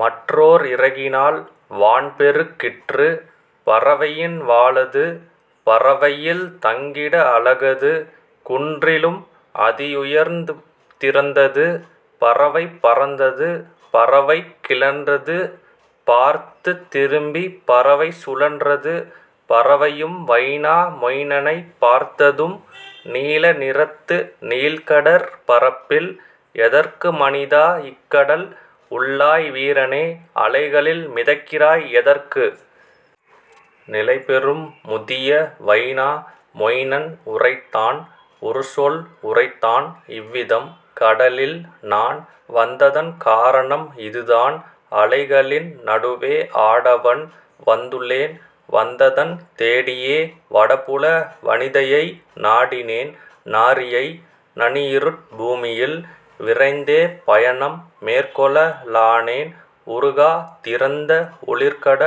மற்றோர் இறகினால் வான்பெருக் கிற்று பறவையின் வாலது பரவையில் தங்கிட அலகது குன்றிலும் அதியுயர்ந் திரந்தது. பறவை பறந்தது, பறவை கிளர்ந்தது பார்த்துத் திரும்பிப் பறவை சுழன்றது; பறவையும் வைனா மொயினனைப் பார்த்தது நீல நிறத்து நீள்கடற் பரப்பில்: "எதற்கு மனிதா இக்கடல் உள்ளாய் வீரனே அலைகளில் மிதக்கிறாய் எதற்கு? " நிலைபெறும் முதிய வைனா மொயினன் உரைத்தான் ஒருசொல் உரைத்தான் இவ்விதம்: "கடலில்நான் வந்ததன் காரணம் இதுதான் அலைகளின் நடுவே ஆடவன் வந்துளேன் வந்தனன் தேடியே வடபுல வனிதையை நாடினேன் நாரியை நனியிருட் பூமியில். விரைந்தே பயணம் மேற்கொள லானேன் உருகா திருந்த ஒளிர்கட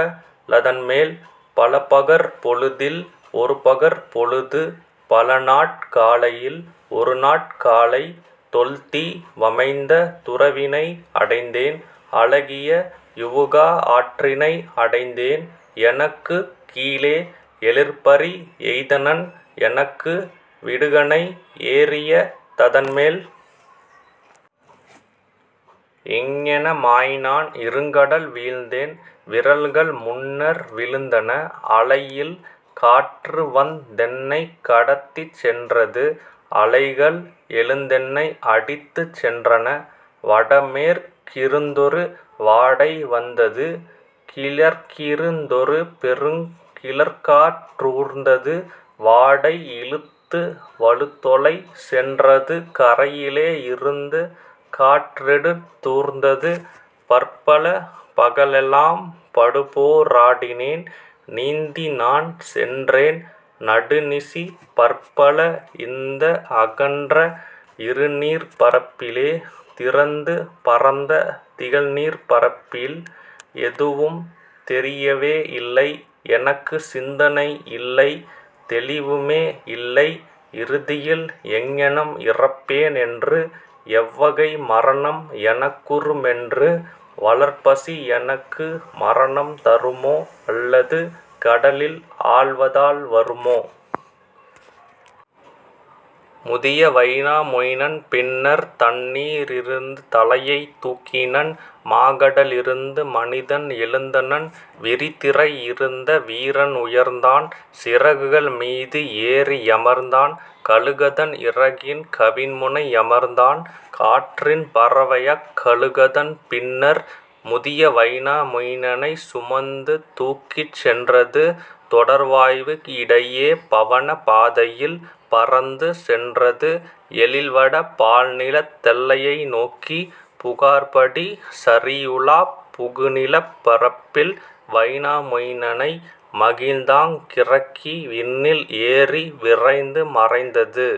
லதன்மேல் பலபகற் பொழுதில் ஒருபகற் பொழுது பலநாட் காலையில் ஒருநாட் காலை தொல்தீ வமைந்த துரவினை அடைந்தேன் அழகிய யொவுகா ஆற்றினை அடைந்தேன் எனக்குக் கீழே எழிற்பரி எய்தனன் எனக்கு விடுகணை ஏறிய ததன்மேல். இங்ஙன மாய்நான் இருங்கடல் வீழ்ந்தேன் விரல்கள் முன்னர் விழுந்தன அலையில் காற்றுவந் தென்னை கடத்திச் சென்றது அலைகள் எழுந்தெனை அடித்துச் சென்றன. வடமேற் கிருந்தொரு வாடை வந்தது கிழக்கிருந் தொருபெருங் கிளர்காற் றூர்ந்தது வாடை இழுத்து வலுதொலை சென்றது கரையிலே இருந்து காற்றெடுத் தூர்ந்தது; பற்பல பகலெலாம் படுபோ ராடினேன் நீந்திநான் சென்றேன் நடுநிசி பற்பல இந்த அகன்ற இருநீர்ப் பரப்பிலே திறந்து பரந்த திகழ்நீர்ப் பரப்பில்; எதுவும் தெரியவே யில்லை எனக்கு சிந்தனை யில்லைத் தெளிவுமே யில்லை இறுதியில் எங்ஙனம் இறப்பேன் என்று எவ்வகை மரணம் எனக்குறு மென்று வளர்பசி எனக்கு மரணம் தருமோ அல்லது கடலில் ஆழ்வதால் வருமோ? " முதிய வைனா மொயினன் பின்னர் தண்ணீ ரிருந்து தலையைத் தூக்கினன் மாகட லிருந்து மனிதன் எழுந்தனன் விரிதிரை யிருந்த வீரன் உயர்ந்தான் சிறகுகள் மீது ஏறி யமர்ந்தான் கழுகதன் இறகின் கவின்முனை யமர்ந்தான். காற்றின் பறவைஅக் கழுகதன் பின்னர் முதிய வைனா மொயினனைச் சுமந்து தூக்கிச் சென்றது தொடர்வாய்வு இடையே பவனப் பாதையில் பறந்து சென்றது எழில்வட பால்நிலத் தெல்லையை நோக்கி புகார்படி சரியொலாப் புகுநிலப் பரப்பில்; வைனா மொயினனை மகிழ்ந்தாங் கிறக்கி விண்ணில் ஏறி விரைந்து மறைந்தது.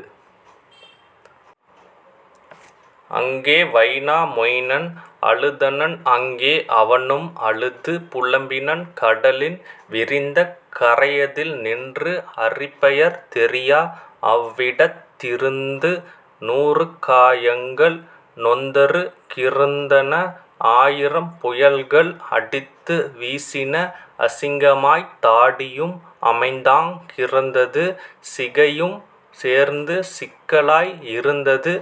அங்கே வைனா மொயினன் அழுதனன் அங்கே அவனும் அழுது புலம்பினன் கடலின் விரிந்த கரையதில் நின்று அறிபெயர் தெரியா அவ்விடத் திருந்து நுறுகா யங்கள் நொந்தரு கிருந்தன ஆயிரம் புயல்கள் அடித்து வீசின அசிங்கமாய்த் தாடியும் அமைந்தாங் கிருந்தது சிகையும் சேர்ந்து சிக்கலாய் இருந்தது.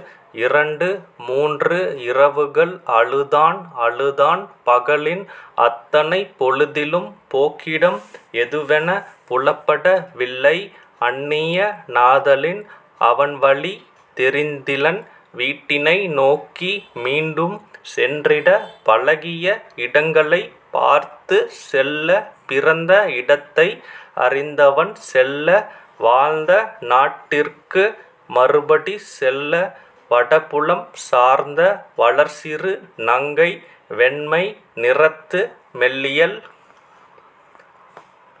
இரண்டு மூன்று இரவுகள் அழுதான் அழுதான் பகலின் அத்தனை பொழுதிலும் போக்கிடம் எதுவெனப் புலப்பட வில்லை அன்னிய னாதலின் அவன்வழி தெரிந்திலன் வீட்டினை நோக்கி மீண்டும் சென்றிட பழகிய இடங்களைப் பார்த்துச் செல்ல பிறந்த இடத்தை அறிந்தவன் செல்ல வாழ்ந்தநாட் டிற்கு மறுபடி செல்ல. வடபுலம் சார்ந்த வளர்சிறு நங்கை வெண்மை நிறத்து மெல்லியள்